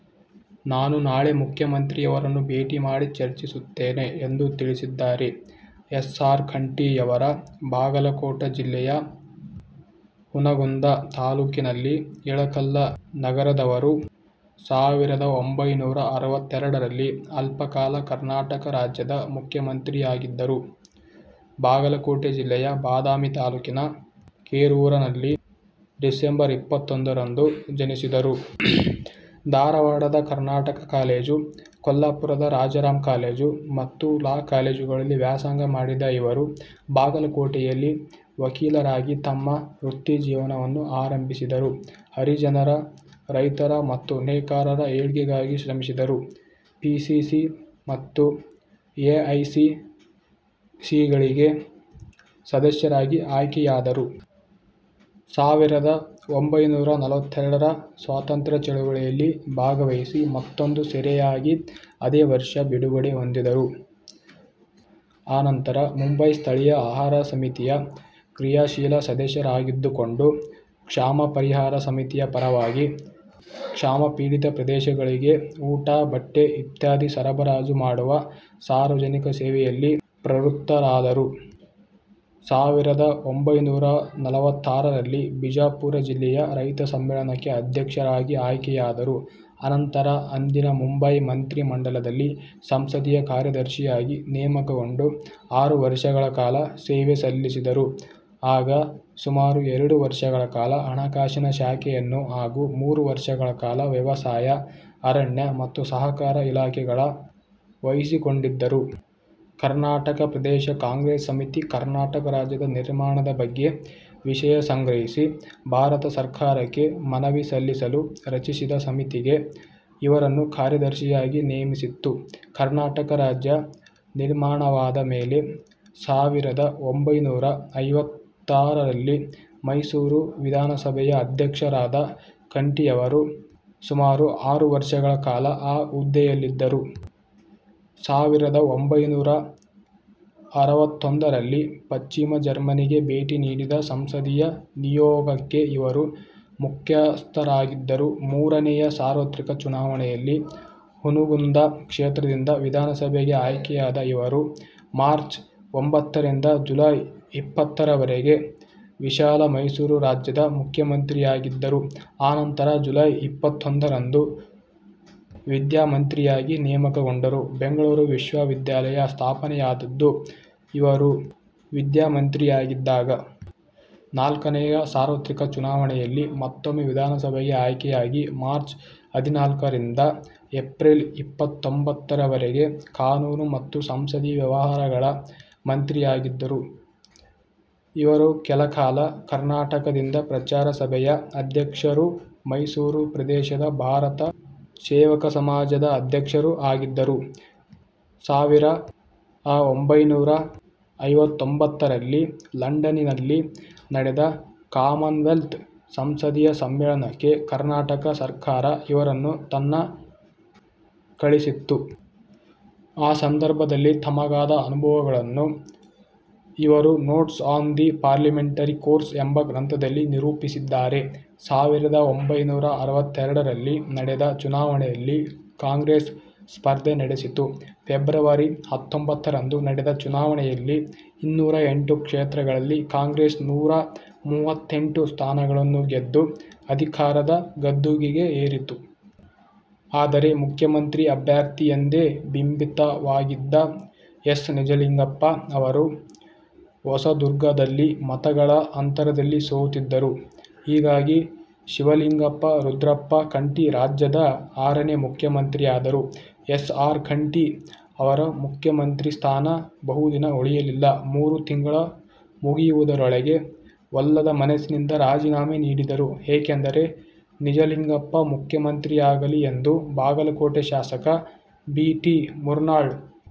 ನಾನು ನಾಳೆ ಮುಖ್ಯಮಂತ್ರಿಯವರನ್ನು ಭೇಟಿ ಮಾಡಿ ಚರ್ಚಿಸುತ್ತೇನೆ' ಎಂದು ತಿಳಿಸಿದ್ದಾರೆ. ಎಸ್ ಆರ್ ಕಂಠಿ ಯವರು ಬಾಗಲಕೋಟ ಜಿಲ್ಲೆಯ ಹುನಗುಂದ ತಾಲ್ಲೂಕಿನ ಇಳಕಲ್ಲ ನಗರದವರು. ಸಾವಿರದ ಒಂಭೈನೂರಾ ಅರವತ್ತೆರಡರಲ್ಲಿ ಅಲ್ಪ ಕಾಲ ಕರ್ನಾಟಕ ರಾಜ್ಯದ ಮುಖ್ಯಮಂತ್ರಿಯಾಗಿದ್ದರು. ಬಾಗಲಕೋಟೆ ಜಿಲ್ಲೆಯ ಬದಾಮಿ ತಾಲ್ಲೂಕಿನ ಕೆರೂರನಲ್ಲಿ ಡಿಸೆಂಬರ್ ಇಪ್ಪತ್ತೊಂದರಂದು ಜನಿಸಿದರು. ಧಾರವಾಡದ ಕರ್ನಾಟಕ ಕಾಲೇಜು, ಕೊಲ್ಲಾಪುರದ ರಾಜಾರಾಮ್ ಕಾಲೇಜು ಮತ್ತು ಲಾ ಕಾಲೇಜುಗಳಲ್ಲಿ ವ್ಯಾಸಂಗ ಮಾಡಿದ ಇವರು ಬಾಗಲಕೋಟೆಯಲ್ಲಿ ವಕೀಲರಾಗಿ ತಮ್ಮ ವೃತ್ತಿಜೀವನವನ್ನು ಆರಂಭಿಸಿದರು. ಹರಿಜನರ, ರೈತರ ಮತ್ತು ನೇಕಾರರ ಏಳ್ಗೆಗಾಗಿ ಶ್ರಮಿಸಿದರು. ಪಿ. ಸಿ. ಸಿ. ಮತ್ತು ಎ. ಐ. ಸಿ. ಸಿಗಳಿಗೆ ಸದಸ್ಯರಾಗಿ ಆಯ್ಕೆಯಾದರು. ಸಾವಿರದ ಒಂಭೈನೂರ ನಲವತ್ತೆರಡರ ಸ್ವಾತಂತ್ರ್ಯ ಚಳವಳಿಯಲ್ಲಿ ಭಾಗವಹಿಸಿ ಮತ್ತೊಮ್ಮೆ ಸೆರೆಯಾಗಿ ಅದೇ ವರ್ಷ ಬಿಡುಗಡೆ ಹೊಂದಿದರು. ಅನಂತರ ಮುಂಬಯಿ ಸ್ಥಳೀಯ ಆಹಾರ ಸಮಿತಿಯ ಕ್ರಿಯಾಶೀಲ ಸದಸ್ಯರಾಗಿದ್ದುಕೊಂಡು ಕ್ಷಾಮ ಪರಿಹಾರ ಸಮಿತಿಯ ಪರವಾಗಿ ಕ್ಷಾಮಪೀಡಿತ ಪ್ರದೇಶಗಳಿಗೆ ಊಟ, ಬಟ್ಟೆ ಇತ್ಯಾದಿ ಸರಬರಾಜು ಮಾಡುವ ಸಾರ್ವಜನಿಕ ಸೇವೆಯಲ್ಲಿ ಪ್ರವೃತ್ತರಾದರು. ಸಾವಿರದ ಒಂಭೈನೂರ ನಲವತ್ತಾರರಲ್ಲಿ ಬಿಜಾಪುರ ಜಿಲ್ಲೆಯ ರೈತ ಸಮ್ಮೇಳನಕ್ಕೆ ಅಧ್ಯಕ್ಷರಾಗಿ ಆಯ್ಕೆಯಾದರು. ಅನಂತರ ಅಂದಿನ ಮುಂಬಯಿ ಮಂತ್ರಿ ಮಂಡಲದಲ್ಲಿ ಸಂಸದೀಯ ಕಾರ್ಯದರ್ಶಿಯಾಗಿ ನೇಮಕಗೊಂಡು ಆರು ವರ್ಷಗಳ ಕಾಲ ಸೇವೆಸಲ್ಲಿಸಿದರು. ಆಗ ಸುಮಾರು ಎರಡು ವರ್ಷಗಳ ಕಾಲ ಹಣಕಾಸಿನ ಶಾಖೆಯನ್ನು ಹಾಗೂ ಮೂರು ವರ್ಷಗಳ ಕಾಲ ವ್ಯವಸಾಯ, ಅರಣ್ಯ ಮತ್ತು ಸಹಕಾರ ಇಲಾಖೆಗಳ ವಹಿಸಿಕೊಂಡಿದ್ದರು. ಕರ್ನಾಟಕ ಪ್ರದೇಶ ಕಾಂಗ್ರೆಸ್ ಸಮಿತಿ ಕರ್ನಾಟಕ ರಾಜ್ಯದ ನಿರ್ಮಾಣದ ಬಗ್ಗೆ ವಿಷಯ ಸಂಗ್ರಹಿಸಿ ಭಾರತ ಸರ್ಕಾರಕ್ಕೆ ಮನವಿ ಸಲ್ಲಿಸಲು ರಚಿಸಿದ ಸಮಿತಿಗೆ ಇವರನ್ನು ಕಾರ್ಯದರ್ಶಿಯಾಗಿ ನೇಮಿಸಿತ್ತು. ಕರ್ನಾಟಕ ರಾಜ್ಯ ನಿರ್ಮಾಣವಾದ ಮೇಲೆ ಸಾವಿರದ ಒಂಭೈನೂರ ಐವತ್ತಾರರಲ್ಲಿ ಮೈಸೂರು ವಿಧಾನ ಸಭೆಯ ಅಧ್ಯಕ್ಷರಾದ ಕಂಠಿಯವರು ಸುಮಾರು ಅರು ವರ್ಷಗಳ ಕಾಲ ಆ ಹುದ್ದೆಯಲ್ಲಿದ್ದರು. ಸಾವಿರದ ಒಂಭೈನೂರ ಅರವತ್ತೋಂದರಲ್ಲಿ ಪಶ್ಚಿಮ ಜರ್ಮನಿಗೆ ಭೇಟಿ ನೀಡಿದ ಸಂಸದೀಯ ನಿಯೋಗಕ್ಕೆ ಇವರು ಮುಖ್ಯಸ್ಥರಾಗಿದ್ದರು. ಮೂರನೆಯ ಸಾರ್ವತ್ರಿಕ ಚುನಾವಣೆಯಲ್ಲಿ ಹುನಗುಂದ ಕ್ಷೇತ್ರದಿಂದ ವಿಧಾನಸಭೆಗೆ ಆಯ್ಕೆಯಾದ ಇವರು ಮಾರ್ಚ್ ಒಂಭತ್ತರಿಂದ ಜುಲೈ ಇಪ್ಪತ್ತರವರೆಗೆ ವಿಶಾಲ ಮೈಸೂರು ರಾಜ್ಯದ ಮುಖ್ಯಮಂತ್ರಿಯಾಗಿದ್ದರು। ಅನಂತರ ಜುಲೈ ಇಪ್ಪತ್ತೊಂದರಂದು ವಿದ್ಯಾಮಂತ್ರಿಯಾಗಿ ನೇಮಕಗೊಂಡರು. ಬೆಂಗಳೂರು ವಿಶ್ವವಿದ್ಯಾಲಯ ಸ್ಥಾಪನೆಯಾದದ್ದು ಇವರು ವಿದ್ಯಾಮಂತ್ರಿಯಾಗಿದ್ದಾಗ. ನಾಲ್ಕನೆಯ ಸಾರ್ವತ್ರಿಕ ಚುನಾವಣೆಯಲ್ಲಿ ಮತ್ತೊಮ್ಮೆ ವಿಧಾನಸಭೆಗೆ ಆಯ್ಕೆಯಾಗಿ ಮಾರ್ಚ್ ಹದಿನಾಲ್ಕರಿಂದ ರಿಂದ ಏಪ್ರಿಲ್ ಇಪ್ಪತ್ತೊಂಭತ್ತರರವರೆಗೆ ಕಾನೂನು ಮತ್ತು ಸಂಸದೀಯ ವ್ಯವಹಾರಗಳ ಮಂತ್ರಿಯಾಗಿದ್ದರು. ಇವರು ಕೆಲಕಾಲ ಕರ್ನಾಟಕ ಹಿಂದಿ ಪ್ರಚಾರ ಸಭೆಯ ಅಧ್ಯಕ್ಷರೂ ಮೈಸೂರು ಪ್ರದೇಶದ ಭಾರತ ಸೇವಕ ಸಮಾಜದ ಅಧ್ಯಕ್ಷರೂ ಆಗಿದ್ದರು. ಸಾವಿರ ಅಒಂಭೈನೂರ ಐವತ್ತೊಂಭತ್ತರಲ್ಲಿ ಲಂಡನಿನಲ್ಲಿ ನಡೆದ ಕಾಮನ್ವೆಲ್ತ್ ಸಂಸದೀಯ ಸಮ್ಮೇಳನಕ್ಕೆ ಕರ್ನಾಟಕ ಸರ್ಕಾರ ಇವರನ್ನು ತನ್ನ ಕಳಿಸಿತ್ತು. ಆ ಸಂದರ್ಭದಲ್ಲಿ ತಮಗಾದ ಅನುಭವಗಳನ್ನು ಇವರು notes on the parliamentary course ಎಂಬ ಗ್ರಂಥದಲ್ಲಿ ನಿರೂಪಿಸಿದ್ದಾರೆ. ಸಾವಿರದ ಒಂಭೈನೂರ ಅರವತ್ತೆರಡರಲ್ಲಿ ನಡೆದ ಚುನಾವಣೆಯಲ್ಲಿ ಕಾಂಗ್ರೆಸ್ ಸ್ಪರ್ಧೆ ನಡೆಸಿತು. ಫೆಬ್ರವರಿ ಹತ್ತೊಂಭತ್ತರಂದು ನಡೆದ ಚುನಾವಣೆಯಲ್ಲಿ ಇನ್ನುರ ಎಂಟು ಕ್ಷೇತ್ರಗಳಲ್ಲಿ ಕಾಂಗ್ರೆಸ್ ನೂರ ಮುವತ್ತೆಂಟು ಸ್ಥಾನಗಳನ್ನು ಗೆದ್ದು ಅಧಿಕಾರದ ಗದ್ದುಗೆಗೇರಿತು. ಆದರೆ, ಮುಖ್ಯಮಂತ್ರಿ ಅಭ್ಯರ್ಥಿ ಎಂದೇ ಬಿಂಬಿತವಾಗಿದ್ದ ಎಸ್. ನಿಜಲಿಂಗಪ್ಪ ಅವರು ಹೊಸದುರ್ಗದಲ್ಲಿ ಮತಗಳ ಅಂತರದಲ್ಲಿ ಸೋತಿದ್ದರು. ಹೀಗಾಗಿ, ಶಿವಲಿಂಗಪ್ಪ ರುದ್ರಪ್ಪ ಕಂಠಿ ರಾಜ್ಯದ ಆರನೇ ಮುಖ್ಯಮಂತ್ರಿಯಾದರು. ಎಸ್. ಆರ್. ಕಂಠಿ ಅವರ ಮುಖ್ಯಮಂತ್ರಿ ಸ್ಥಾನ ಬಹುದಿನ ಉಳಿಯಲಿಲ್ಲ. ಮೂರು ತಿಂಗಳು ಮುಗಿಯುವುದರೊಳಗೇ ಒಲ್ಲದ ಮನಸ್ಸಿನಿಂದ ರಾಜಿನಾಮೆ ನೀಡಿದರು. ಏಕೆಂದರೆ, ನಿಜಲಿಂಗಪ್ಪ ಮುಖ್ಯಮಂತ್ರಿಯಾಗಲಿ ಎಂದು ಬಾಗಲಕೋಟೆ ಶಾಸಕ ಬಿ. ಟಿ. ಮುರ್ನಾಳ್